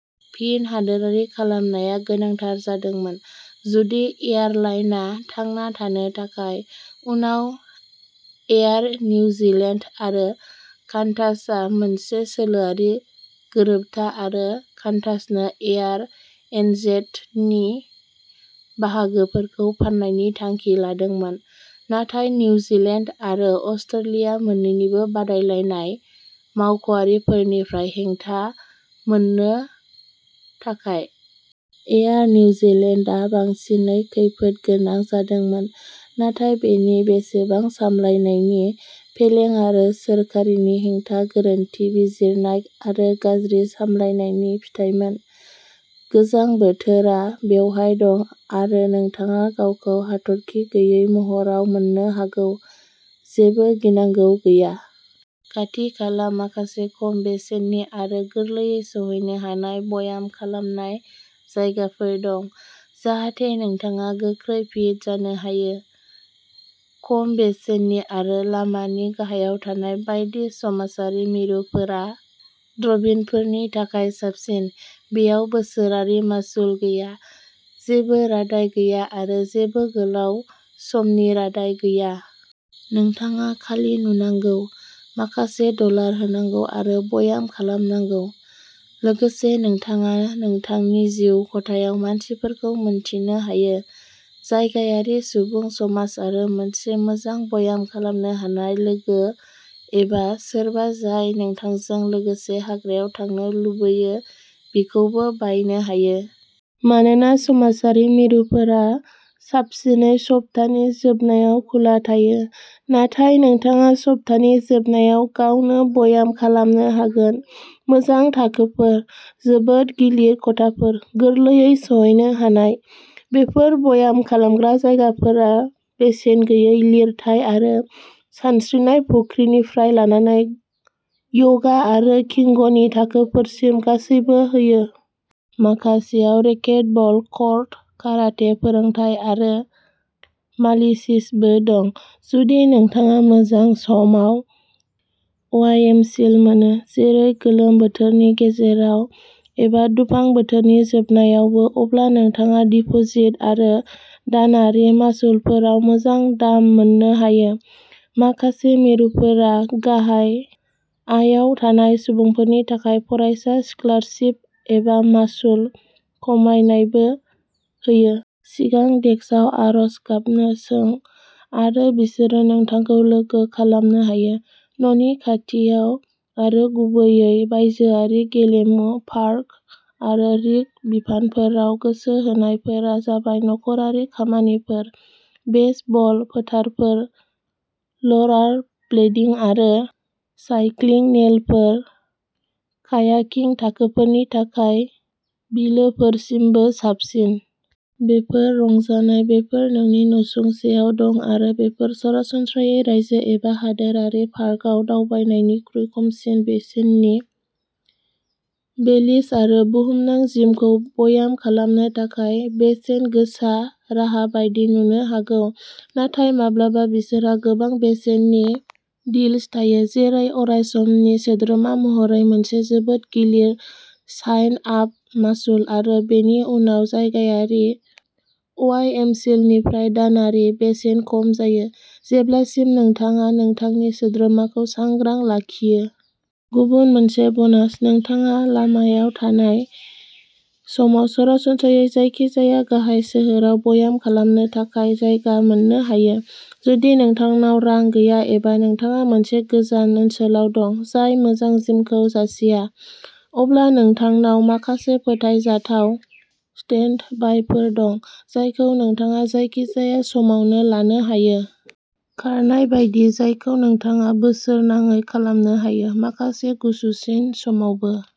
फिन हादोरारि खालामनाया गोनांथार जादोंमोन जुदि एयारलाइनआ थांना थानो थाखाय। उनाव एयार निउजिलेन्ड आरो कान्टासआ मोनसे सोलोआरि गोरोबथा आरो कान्टासनो एयार एनजेडनि बाहागोफोरखौ फान्नायनि थांखि लादोंमोन। नाथाय निउजिलेन्ड आरो अस्ट्रेलिया मोन्नैनिबो बादायलायनाय मावख'आरिफोरनिफ्राय हेंथा मोननो थाखाय। एयार निउजिलेन्डआ बांसिनै खैफोद गोनां जादोंमोन। नाथाय बेनि बेसेबां सामलायनायनि फेलें आरो सोरखारनि हेंथा, गोरोन्थि बिजिरनाय आरो गाज्रि सामलायनायनि फिथायमोन? गोजां बोथोरा बेवहाय दं आरो नोंथाङा गावखौ हाथरखि गैयै महराव मोननो हागौ। जेबो गिनांगौ गैया। खाथिखाला माखासे खम बेसेननि आरो गोरलैयै सौहैनो हानाय ब्याम खालामनाय जायगाफोर दं जाहाथे नोंथाङा गोख्रै फिट जानो हायो। खम बेसेननि आरो लामानि गाहायाव थानाय बायदि समाजारि मिरुफोरा ड्रप इनफोरनि थाखाय साबसिन। बेयाव बोसोरारि मासुल गैया जेबो रादाय गैया आरो जेबो गोलाव समनि रादाय गैया। नोंथाङा खालि नुनांगौ, माखासे डलार होनांगौ आरो ब्याम खालामनांगौ। लोगोसे नोंथाङा नोंथांनि जिउ खथायाव मानसिफोरखौ मिन्थिनो हायो। जायगायारि सुबुं समाज आरो मोनसे मोजां ब्याम खालामनो हानाय लोगो एबा सोरबा जाय नोंथांजों लोगोसे हाग्रायाव थांनो लुबैयो, बिखौबो बायनो हायो। मानोना समाजारि मिरुफोरा बांसिनै सप्तानि जोबनायाव खुला थायो, नाथाय नोंथाङा सप्तानि जोबनायाव गावनो ब्याम खालामनो हागोन। मोजां थाखोफोर। जोबोद गिलिर खथाफोर। गोरलैयै सौहैनो हानाय। बेफोर ब्याम खालामग्रा जायगाफोरा बेसेन गैयै लिरथाय आरो सानस्रिनाय फुख्रिनिफ्राय लानानै यगा आरो किगंनि थाखोफोरसिम गासैबो होयो। माखासेआव रेकेटबल कर्ट, काराटे फोरोंथाय आरो मालिसीसबो दं। जुदि नोंथाङा मोजां समाव वाइएमसिए मोनो। जेरै गोलोम बोथोरनि गेजेराव एबा दुफां बोथोरनि जोबनायावबो अब्ला नोंथाङा डिपोजिट आरो दानारि मासुलफोराव मोजां दाम मोननो हायो। माखासे मिरुफोरा गाहाय आयाव थानाय सुबुंफोरनि थाखाय फरायसा स्कलारसिप एबा मासुल खमायनायबो होयो। सिगां डेस्कआव आर'ज गाबनो सों आरो बिसोरो नोंथांखौ लोगो खालामनो हायो। न'नि खाथियाव आरो गुबैयै बायजोआरि गेलेमु पार्क आरो रिक बिफानफोराव गोसो होनायफोरा जाबाय नखरारि खामानिफोर बेसबल फोथारफोर रलारब्लेडिं आरो साइक्लिं लेनफोर कायाकिं थाखोफोरनि थाखाय बिलोफोरसिमबो साबसिन। बेफोर रंजानाय बेफोर नोंनि नसुंसेआव दं आरो बेफोर सरासनस्रायै रायजो एबा हादोरारि पार्कआव दावबायनायनिख्रुइ खमसिन बेसेननि। बेलिस आरो बुहुमनां जिमखौ ब्याम खालामनो थाखाय बेसेन गोसा राहा बायदि नुनो हागौ नाथाय माब्लाबा बिसोरहा गोबां बेसेननि डील्स थायो जेरै अरायसमनि सोद्रोमा महरै मोनसे जोबोद गिलिर साइन आप मासुल आरो बेनि उनाव जायगायारि वाइएमसिएनिफ्राय दानारि बेसेन खम जायो जेब्लासिम नोंथाङा नोंथांनि सोद्रोमाखौ सांग्रां लाखियो। गुबुन मोनसे ब'नास। नोंथाङा लामायाव थानाय समाव सरासनस्रायै जायखिजाया गाहाय सोहोराव ब्याम खालामनो थाखाय जायगा मोन्नो हायो। जुदि नोंथांनाव रां गैया एबा नोंथाङा मोनसे गोजान ओनसोलाव दं जाय मोजां जिमफोर जासिया, अब्ला नोंथांनाव माखासे फोथायजाथाव स्टेन्डबायफोर दं जायखौ नोंथाङा जायखिजाया समावनो लानो हायो। खारनाय बायदि जायखौ नोंथाङा बोसोरनाङै खालामनो हायो माखासे गुसुसिन समावबो।